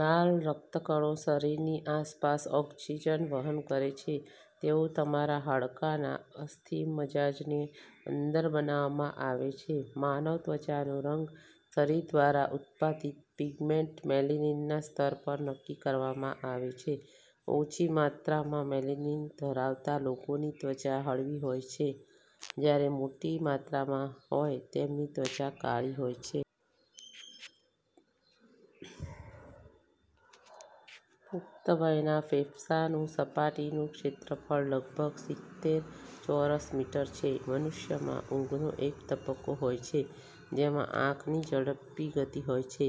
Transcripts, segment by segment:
લાલ રક્તકણો શરીરની આસપાસ ઓક્સિજન વહન કરે છે. તેઓ તમારા હાડકાના અસ્થિમજ્જાની અંદર બનાવવામાં આવે છે. માનવ ત્વચાનો રંગ શરીર દ્વારા ઉત્પાદિત પિગમેન્ટ મેલાનિનના સ્તર દ્વારા નક્કી કરવામાં આવે છે. ઓછી માત્રામાં મેલાનિન ધરાવતા લોકોની ત્વચા હળવી હોય છે જ્યારે મોટી માત્રામાં હોય તેમની ત્વચા કાળી હોય છે. પુખ્ત વયના ફેફસાંનું સપાટીનું ક્ષેત્રફળ લગભગ સીતેર ચોરસ મીટર છે! મનુષ્યમાં ઊંઘનો એક તબક્કો હોય છે જેમાં આંખની ઝડપી ગતિ હોય છે.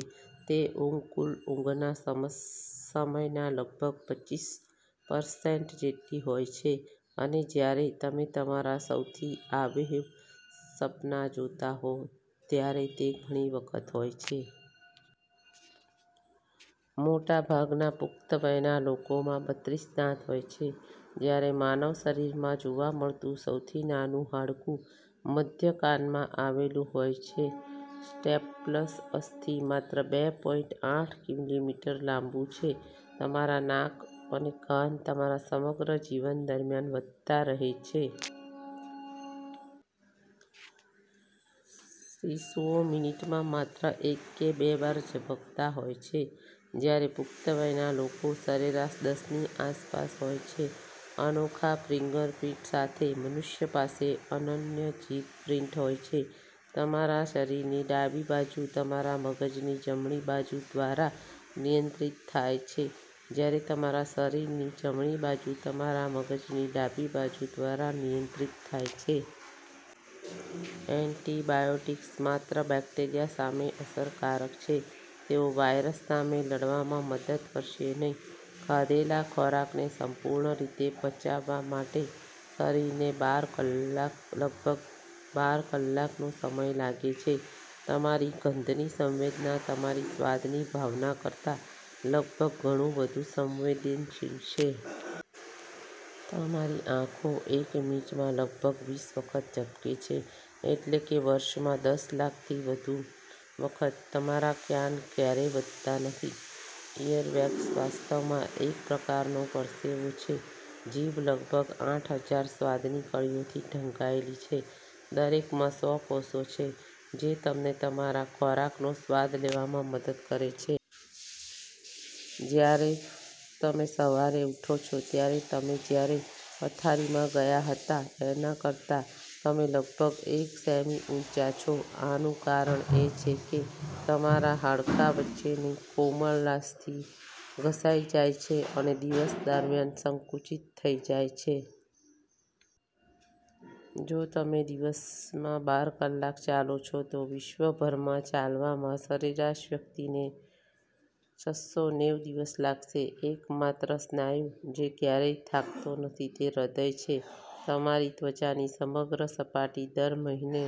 તે ઊંઘ કુલ ઊંઘના સમયના લગભગ પચીસ પરસેન્ટ જેટલી હોય છે, અને જ્યારે તમે તમારા સૌથી આબેહૂબ સપના જોતા હો ત્યારે તે ઘણી વખત હોય છે. મોટાભાગના પુખ્ત વયના લોકોમાં બત્રિસ દાંત હોય છે. માનવ શરીરમાં જોવા મળતું સૌથી નાનું હાડકું મધ્ય કાનમાં આવેલું છે. સ્ટેપલ્સ અસ્થિ માત્ર બે પોઇન્ટ આઠ મિલીમીટર લાંબુ છે. તમારા નાક અને કાન તમારા સમગ્ર જીવન દરમિયાન વધતા રહે છે. શિશુઓ મિનિટમાં માત્ર એક કે બે વાર ઝબકતા હોય છે, જ્યારે પુખ્ત વયના લોકો સરેરાશ દસ ની આસપાસ હોય છે. અનોખા ફિંગરપ્રિન્ટ્સ સાથે, મનુષ્ય પાસે પણ અનન્ય જીભ પ્રિન્ટ હોય છે. તમારા શરીરની ડાબી બાજુ તમારા મગજની જમણી બાજુ દ્વારા નિયંત્રિત થાય છે, જ્યારે તમારા શરીરની જમણી બાજુ તમારા મગજની ડાબી બાજુ દ્વારા નિયંત્રિત થાય છે. એન્ટિબાયોટિક્સ માત્ર બેક્ટેરિયા સામે અસરકારક છે, તેઓ વાયરસ સામે લડવામાં મદદ કરશે નહીં. ખાધેલા ખોરાકને સંપૂર્ણ રીતે પચાવવા માટે શરીરને લગભગ બાર કલાકનો સમય લાગે છે. તમારી ગંધની સંવેદના તમારી સ્વાદની ભાવના કરતાં લગભગ ગણુ વધુ સંવેદનશીલ છે. તમારી આંખો એક મિનિટમાં લગભગ વીસ વખત ઝબકે છે, એટલે કે વર્ષમાં દસ લાખથી વધુ વખત! તમારા કાન ક્યારેય વધતા નથી! ઇયરવેક્સ વાસ્તવમાં એક પ્રકારનો પરસેવો છે! જીભ લગભગ આઠહજાર સ્વાદની કળીઓથી ઢંકાયેલી છે, દરેકમાં સો કોષો છે જે તમને તમારા ખોરાકનો સ્વાદ લેવામાં મદદ કરે છે! જ્યારે તમે સવારે ઉઠો છો, ત્યારે તમે જ્યારે પથારીમાં ગયા હતા તેના કરતા તમે લગભગ એક સેમી ઉંચા છો. આનું કારણ એ છે કે તમારા હાડકાં વચ્ચેની કોમલાસ્થિ ઘસાઈ જાય છે અને દિવસ દરમિયાન સંકુચિત થઈ જાય છે. જો તમે દિવસમાં બાર કલાક ચાલો છો, તો વિશ્વભરમાં ચાલવામાં સરેરાશ વ્યક્તિને છસોનેવું દિવસ લાગશે. એકમાત્ર સ્નાયુ જે ક્યારેય થાકતો નથી તે હૃદય છે. તમારી ત્વચાની સમગ્ર સપાટી દર મહિને